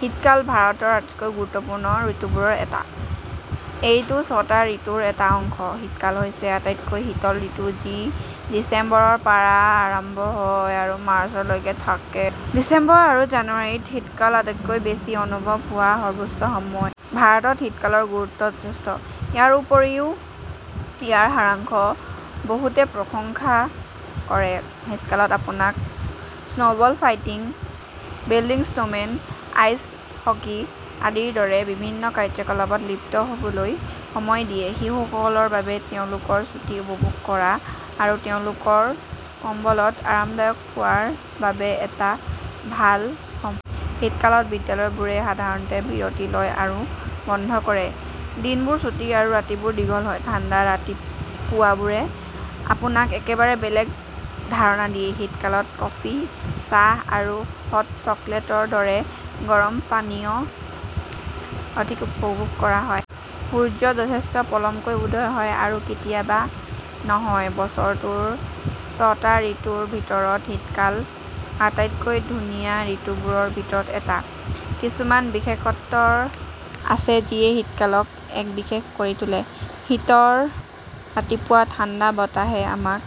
শীতকাল ভাৰতৰ আটাইতকৈ গুৰুত্বপূৰ্ণ ঋতুবোৰৰ এটা। এইটো ছয়টা ঋতুৰ এটা অংশ। শীতকাল হৈছে আটাইতকৈ শীতল ঋতু যি ডিচেম্বৰৰ পৰা আৰম্ভ হয় আৰু মাৰ্চলৈকে থাকে। ডিচেম্বৰ আৰু জানুৱাৰীত শীতকাল আটাইতকৈ বেছি অনুভৱ হোৱাৰ সৰ্বোচ্চ সময়। ভাৰতত, শীতকালৰ গুৰুত্ব যথেষ্ট। ইয়াৰ উপৰিও, ইয়াৰ সাৰাংশ বহুতে প্ৰশংসা কৰে। শীতকালত আপোনাক snowball fighting, building snowmen, ice hockey আদিৰ দৰে বিভিন্ন কাৰ্যকলাপত লিপ্ত হ'বলৈ সময় দিয়ে। শিশুসকলৰ বাবে তেওঁলোকৰ ছুটি উপভোগ কৰা আৰু তেওঁলোকৰ কম্বলত আৰামদায়ক হোৱাৰ বাবে এইটো এটা ভাল সময়। শীতকালত, বিদ্যালয়বোৰে সাধাৰণতে বিৰতি লয় আৰু বন্ধ কৰে। দিনবোৰ চুটি আৰু ৰাতিবোৰ দীঘল হয়। ঠাণ্ডা ৰাতিপুৱাবোৰে আপোনাক একেবাৰে বেলেগ ধাৰণা দিয়ে। শীতকালত কফি, চাহ আৰু হট চকলেটৰ দৰে গৰম পানীয় অধিক উপভোগ কৰা হয়। সূৰ্য যথেষ্ট পলমকৈ উদয় হয় আৰু কেতিয়াবা নহয়। বছৰটোৰ ছয়টা ঋতুৰ ভিতৰত শীতকাল আটাইতকৈ ধুনীয়া ঋতুবোৰৰ ভিতৰত এটা। কিছুমান বিশেষত্ব আছে যিয়ে শীতকালক এক বিশেষ কৰি তোলে। শীতৰ ৰাতিপুৱা ঠাণ্ডা বতাহে আমাক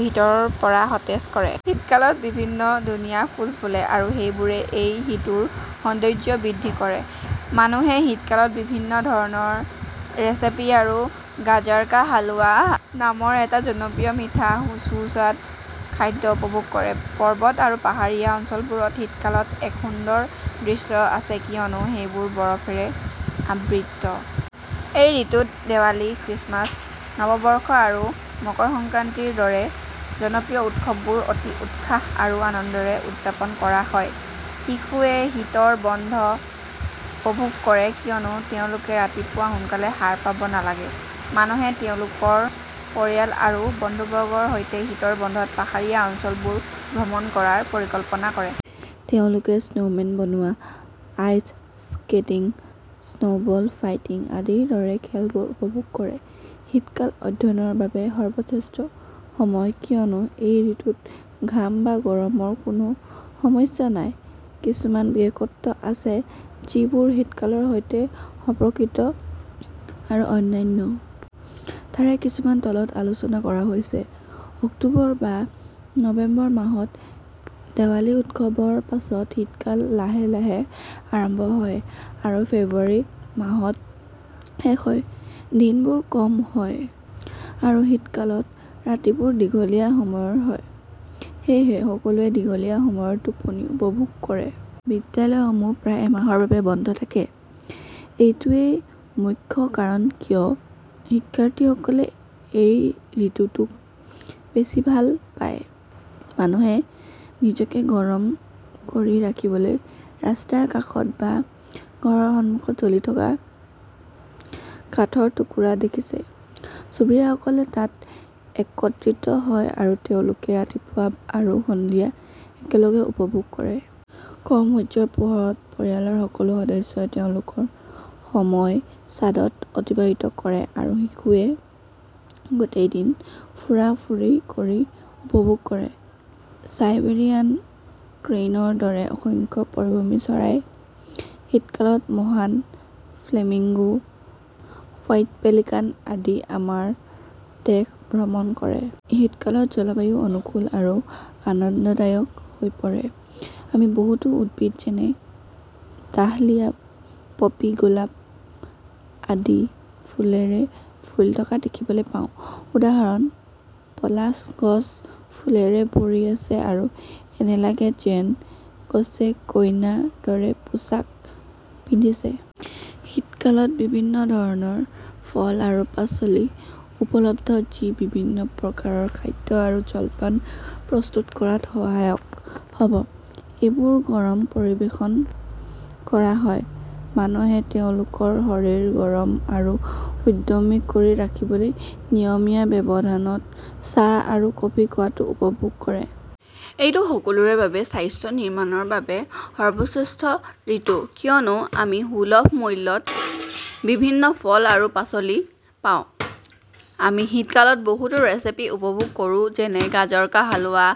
ভিতৰৰ পৰা সতেজ কৰে। শীতকালত বিভিন্ন ধুনীয়া ফুল ফুলে আৰু সেইবোৰে এই ঋতুৰ সৌন্দৰ্য বৃদ্ধি কৰে। মানুহে শীতকালত বিভিন্ন ধৰণৰ ৰেচিপি আৰু গাজাৰ কা হালৱা নামৰ এটা জনপ্ৰিয় মিঠা সুস্বাদু খাদ্য উপভোগ কৰে। পৰ্বত আৰু পাহাৰীয়া অঞ্চলবোৰত শীতকালত এক সুন্দৰ দৃশ্য আছে কিয়নো সেইবোৰ বৰফেৰে আবৃত। এই ঋতুত দেৱালী, খ্ৰীষ্টমাছ, নৱবৰ্ষ আৰু মকৰ সংক্ৰান্তিৰ দৰে জনপ্ৰিয় উৎসৱবোৰ অতি উৎসাহ আৰু আনন্দেৰে উদযাপন কৰা হয়। শিশুৱে শীতৰ বন্ধ উপভোগ কৰে কিয়নো তেওঁলোকে ৰাতিপুৱা সোনকালে সাৰ পাব নালাগে। মানুহে তেওঁলোকৰ পৰিয়াল আৰু বন্ধুবৰ্গৰ সৈতে শীতৰ বন্ধত পাহাৰীয়া অঞ্চলবোৰ ভ্ৰমণ কৰাৰ পৰিকল্পনা কৰে। তেওঁলোকে স্নোমেন বনোৱা, আইচ স্কেটিং, স্নোবল ফাইটিং আদিৰ দৰে খেলবোৰ উপভোগ কৰে। শীতকাল অধ্যয়নৰ বাবে সৰ্বশ্ৰেষ্ঠ সময় কিয়নো এই ঋতুত ঘাম বা গৰমৰ কোনো সমস্যা নাই। কিছুমান বিশেষত্ব আছে যিবোৰ শীতকালৰ সৈতে সম্পৰ্কিত আৰু অনন্য। তাৰে কিছুমান তলত আলোচনা কৰা হৈছে: অক্টোবৰ বা নৱেম্বৰ মাহত দেৱালী উৎসৱৰ পিছত শীতকাল লাহে লাহে আৰম্ভ হয় আৰু ফেব্ৰুৱাৰী মাহত শেষ হয়। দিনবোৰ কম হয় আৰু শীতকালত ৰাতিবোৰ দীঘলীয়া সময়ৰ হয়, সেয়েহে সকলোৱে দীঘলীয়া সময়ৰ টোপনি উপভোগ কৰে। বিদ্যালয়সমূহ প্ৰায় এমাহৰ বাবে বন্ধ থাকে; এইটো ৱেই মুখ্য কাৰণ কিয় শিক্ষাৰ্থীসকলে এই ঋতুটোক বেছি ভাল পায়। মানুহে নিজকে গৰম কৰি ৰাখিবলৈ ৰাস্তাৰ কাষত বা ঘৰৰ সন্মুখত জ্বলি থকা কাঠৰ টুকুৰা দেখিছে। চুবুৰীয়াসকলে তাত একত্ৰিত হয় আৰু তেওঁলোকে ৰাতিপুৱা আৰু সন্ধিয়া একেলগে উপভোগ কৰে। কম সূৰ্যৰ পোহৰত, পৰিয়ালৰ সকলো সদস্যই তেওঁলোকৰ সময় ছাদত অতিবাহিত কৰে আৰু শিশুৱে গোটেই দিন ঘূৰা ফুৰা কৰি উপভোগ কৰে। চাইবেৰিয়ান ক্ৰেইনৰ দৰে অসংখ্য পৰিভ্ৰমী চৰাই; শীতকালত মহান ফ্লেমিংগো, হোৱাইট পেলিকান আদি আমাৰ দেশ ভ্ৰমণ কৰে। শীতকালত জলবায়ু অনুকূল আৰু আনন্দদায়ক হৈ পৰে। আমি বহুতো উদ্ভিদ যেনে ডাহলিয়া, পপী, গোলাপ আদি ফুলেৰে ফুলি থকা দেখিবলৈ পাওঁ। উদাহৰণ: পলাশ গছ ফুলেৰে ভৰি আছে আৰু এনে লাগে যেন গছে কইনাৰ দৰে পোছাক পিন্ধিছে। শীতকালত বিভিন্ন ধৰণৰ ফল আৰু পাচলি উপলব্ধ যি বিভিন্ন প্ৰকাৰৰ খাদ্য আৰু জলপান প্ৰস্তুত কৰাত সহায়ক হ'ব। এইবোৰ গৰম পৰিৱেশন কৰা হয়। মানুহে তেওঁলোকৰ শৰীৰ গৰম আৰু উদ্যমী কৰি ৰাখিবলৈ নিয়মীয়া ব্যৱধানত চাহ আৰু কফি খোৱাটো উপভোগ কৰে। এইটো সকলোৰে বাবে স্বাস্থ্য নিৰ্মাণৰ বাবে সৰ্বশ্ৰেষ্ঠ ঋতু কিয়নো আমি সুলভ মূল্যত বিভিন্ন ফল আৰু পাচলি পাওঁ। আমি শীতকালত বহুতো ৰেচিপি উপভোগ কৰোঁ যেনে গাজাৰ কা হালৱা,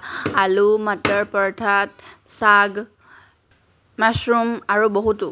আলু/মাটাৰ পৰতা, চাগ, মেছৰুম, আৰু বহুতো।